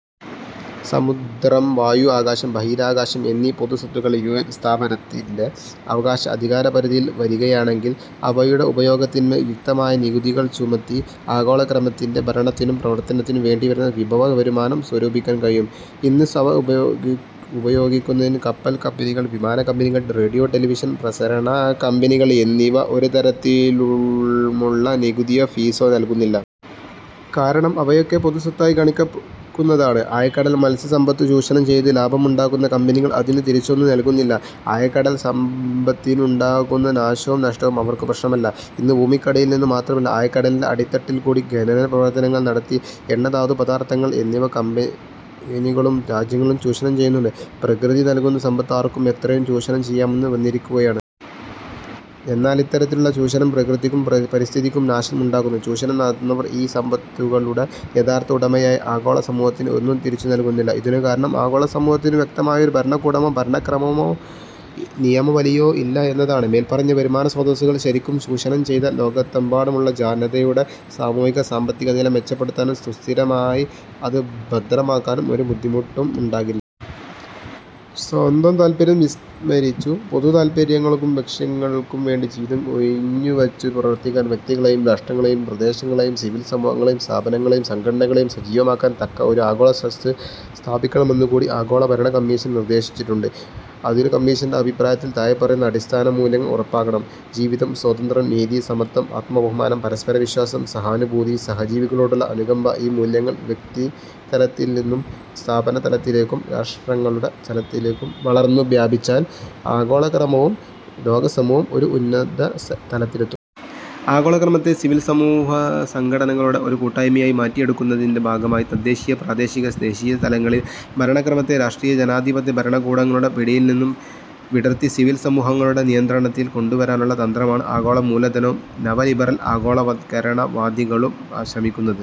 സമുദ്രം, വായു, ആകാശം, ബഹിരാകാശം എന്നീ പൊതുസ്വത്തുകൾ യു. എൻ. സ്ഥാപനത്തിന്റെ അവകാശ അധികാരപരിധിയിൽ വരികയാണെങ്കിൽ അവയുടെ ഉപയോഗത്തിന്മേൽ യുക്തമായ നികുതികൾ ചുമത്തി ആഗോളക്രമത്തിന്റെ ഭരണത്തിനും പ്രവർത്തനത്തിനും വേണ്ടിവരുന്ന വിഭവവരുമാനം സ്വരൂപിക്കാൻ കഴിയും. ഇന്ന് സവ ഉപയോഗി ഉപയോഗിക്കുന്നതിനു കപ്പൽകമ്പനികൾ, വിമാനകമ്പനികൾ, റേഡിയോ-ടെലിവിഷൻ പ്രസരണകമ്പനികൾ എന്നിവ ഒരു തരത്തിലുമുള്ള നികുതിയോ, ഫീസോ നൽകുന്നില്ല. കാരണം, അവയൊക്കെ പൊതുസ്വത്തായി ഗണിക്കുന്നതാണ്. ആഴക്കടൽ മത്സ്യസമ്പത്തു ചൂഷണം ചെയ്തു ലാഭമുണ്ടാക്കുന്ന കമ്പനികൾ അതിനു തിരിച്ചൊന്നും നൽകുന്നില്ല. ആഴക്കടൽ സമ്പത്തിനുണ്ടാകുന്ന നാശവും നഷ്ടവും അവർക്കു പ്രശ്നമല്ല. ഇന്നു ഭൂമിക്കടിയിൽനിന്നു മാത്രമല്ല ആഴക്കടലിന്റെ അടിത്തട്ടിൽകൂടി ഖനനപ്രവർത്തനങ്ങൾ നടത്തി എണ്ണധാതുപദാർഥങ്ങൾ എന്നിവ കമ്പനികളും രാജ്യങ്ങളും ചൂഷണം ചെയ്യുന്നുണ്ട്. പ്രകൃതി നൽകുന്ന സമ്പത്ത് ആർക്കും എത്രയും ചൂഷണം ചെയ്യാമെന്ന് വന്നിരിക്കുകയാണ്. എന്നാലിത്തരത്തിലുള്ള ചൂഷണം പ്രകൃതിക്കും, പരിസ്ഥിതിക്കും നാശം ഉണ്ടാക്കുന്നു. ചൂഷണം നടത്തുന്നവർ ഈ സമ്പത്തുകളുടെ യഥാർഥ ഉടമയായ ആഗോളസമൂഹത്തിന് ഒന്നും തിരിച്ചുനൽകുന്നില്ല. ഇതിനുകാരണം ആഗോളസമൂഹത്തിനു വ്യക്തമായ ഒരു ഭരണകൂടമോ ഭരണക്രമമോ നിയമാവലിയോ ഇല്ല എന്നതാണ്. മേൽപ്പറഞ്ഞ വരുമാനസ്രോതസ്സുകൾ ശരിക്കും ചൂഷണം ചെയ്താൽ ലോകത്തെമ്പാടുമുള്ള ജനതയുടെ സാമൂഹിക-സാമ്പത്തികനില മെച്ചപ്പെടുത്താനും സുസ്ഥിരമായി അതു ഭദ്രമാക്കാനും ഒരു ബുദ്ധിമുട്ടും ഉണ്ടാകില്ല. സ്വന്തം താത്പര്യം വിസ്മരിച്ചു പൊതുതാത്പര്യങ്ങൾക്കും ലക്ഷ്യങ്ങൾക്കുംവേണ്ടി ജീവിതം ഉഴിഞ്ഞുവച്ചു പ്രവർത്തിക്കാൻ വ്യക്തികളെയും രാഷ്ട്രങ്ങളെയും പ്രദേശങ്ങളെയും സിവിൽസമൂഹങ്ങളെയും സ്ഥാപനങ്ങളെയും സംഘടനകളെയും സജ്ജമാക്കാൻ തക്ക ഒരു ആഗോളട്രസ്റ്റ് സ്ഥാപിക്കണമെന്നുകൂടി ആഗോളഭരണകമ്മീഷൻ നിർദ്ദേശിച്ചിട്ടുണ്ട്. അതിനു കമ്മീഷന്റെ അഭിപ്രായത്തിൽ താഴെപ്പറയുന്ന അടിസ്ഥാനമൂല്യങ്ങൾ ഉറപ്പാക്കണം: "ജീവിതം, സ്വാതന്ത്ര്യം, നീതി, സമത്വം, ആത്മബഹുമാനം, പരസ്പരവിശ്വാസം, സഹാനുഭൂതി സഹജീവികളോടുള്ള അനുകമ്പ ഈ മൂല്യങ്ങൾ വ്യക്തിതലത്തിൽനിന്നും സ്ഥാപനതലത്തിലേക്കും രാഷ്ട്രങ്ങളുടെ തലത്തിലേക്കും വളർന്നു വ്യാപിച്ചാൽ ആഗോളക്രമവും ലോകസമൂഹവും ഒരു ഉന്നതതലത്തിലെത്തും. ആഗോളക്രമത്തെ സിവിൽസമൂഹസംഘടനകളുടെ ഒരു കൂട്ടായ്മയായി മാറ്റിയെടുക്കുന്നതിന്റെ ഭാഗമായി തദ്ദേശീയ-പ്രാദേശിക-ദേശീയ തലങ്ങളിൽ ഭരണക്രമത്തെ രാഷ്ട്രീയജനാധിപത്യ ഭരണകൂടങ്ങളുടെ പിടിയിൽനിന്നും വിടർത്തി സിവിൽ സമൂഹങ്ങളുടെ നിയന്ത്രണത്തിൽ കൊണ്ടുവരാനുള്ള തന്ത്രമാണ് ആഗോളമൂലധനവും നവലിബറൽ ആഗോളവത്കരണവാദികളും ശ്രമിക്കുന്നത്.